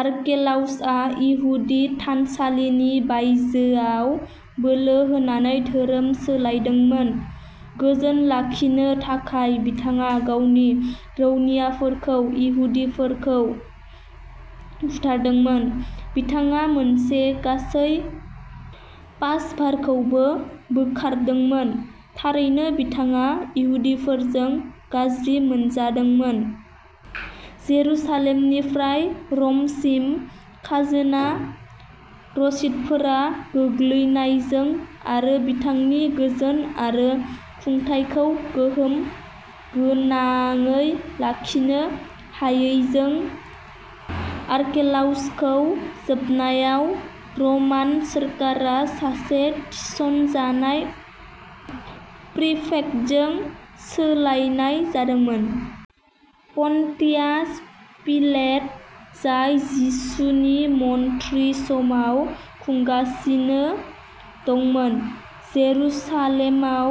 आर्केलाउसआ इहुदि थानसालिनि बायजोयाव बोलो होनानै धोरोम सोलायदोंमोन। गोजोन लाखिनो थाखाय, बिथाङा गावनि रौनियाफोरखौ इहुदिफोरखौ बुथारदोंमोन। बिथाङा मोनसे गासै पास'भारखौबो बोखारदोंमोन! थारैनो, बिथाङा इहुदिफोरजों गाज्रि मोनजादोंमोन। जेरुसालेमनिफ्राय र'मसिम खाजोना रसिदफोरा गोग्लैनायजों आरो बिथांनि गोजोन आरो खुंथायखौ गोहोम गोनाङै लाखिनो हायैजों, आर्केलाउसखौ जोबनायाव रमान सोरखारा सासे थिसनजानाय प्रिफेक्टजों सोलायनाय जादोंमोन। पन्टियास पिलेट, जाय जिसुनि मन्थ्रि समाव खुंगासिनो दंमोन, जेरुसालेमाव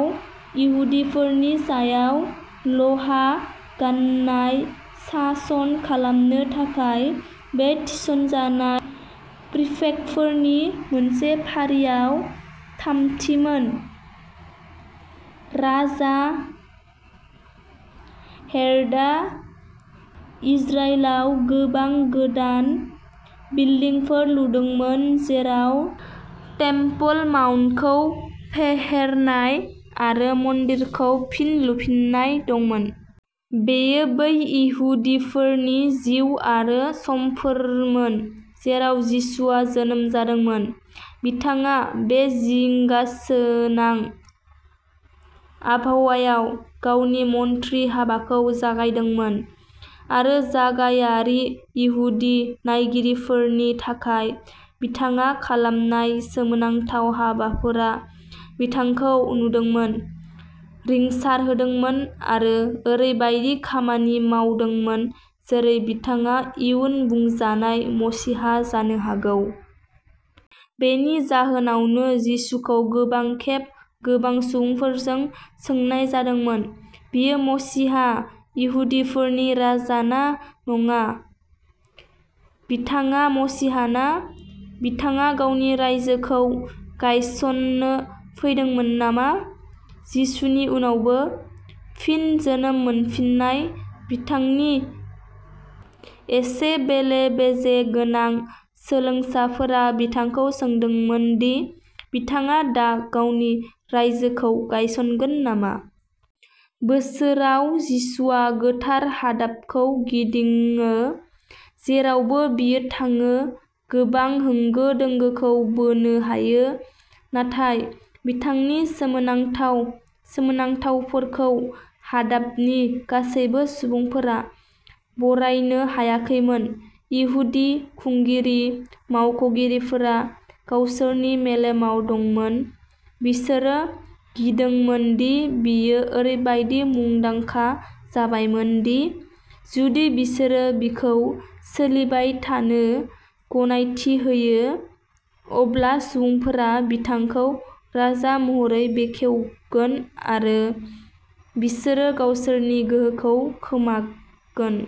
इहुदिफोरनि सायाव लहा-गाननाय सासन खालामनो थाखाय बे थिसनजानाय प्रिफेक्टफोरनि मोनसे फारियाव थामथिमोन। राजा हेर'डआ इजराइलाव गोबां गोदान बिल्डिंफोर लुदोंमोन, जेराव टेम्पल माउन्टखौ फेहेरनाय आरो मन्दिरखौ फिन लुफिननाय दंमोन। बेयो बै इहुदिफोरनि जिउ आरो समफोरमोन जेराव जिसुआ जोनोम जादोंमोन। बिथाङा बे जिंगासोनां आबहावायाव गावनि मन्थ्रि हाबाखौ जागायदोंमोन, आरो जायगायारि इहुदि नायगिरिफोरनि थाखाय बिथाङा खालामनाय सोमोनांथाव हाबाफोरा बिथांखौ नुदोंमोन, रिंसारहोदोंमोन आरो ओरैबायदि खामानि मावदोंमोन जेरै बिथाङा इयुन बुंजानाय मसीहा जानो हागौ। बेनि जाहोनावनो जिसुखौ गोबां खेब, गोबां सुबुंफोरजों सोंनाय जादोंमोन, बियो मसीहा, इहुदिफोरनि राजा ना नङा। बिथाङा मसीहा ना? बिथाङा गावनि रायजोखौ गायसननो फैदोंमोन नामा? जिसुनि उनावबो? फिन जोनोम मोनफिन्नाय, बिथांनि एसे बेले-बेजे गोनां सोलोंसाफोरा बिथांखौ सोंदोंमोन दि बिथाङा दा गावनि "रायजो" खौ गायसनगोन नामा। बोसोराव जिसुआ गोथार हादाबखौ गिदिङो, जेरावबो बियो थाङो गोबां होंगो-दोंगोखौ बोनो हायो। नाथाय बिथांनि सोमोनांथाव सोमोनांथावफोरखौ हादाबनि गासैबो सुबुंफोरा बरायनो हायाखैमोन। इहुदि खुंगिरि मावख'गिरिफोरा गावसोरनि मेलेमाव दंमोन। बिसोरो गिदोंमोन दि बियो ओरैबायदि मुंदांखा जाबायमोन दि जुदि बिसोरो बिखौ सोलिबाय थानो गनायथि होयो, अब्ला सुबुंफोरा बिथांखौ राजा महरै बेखेवगोन आरो बिसोरो गावसोरनि गोहोखौ खोमागोन।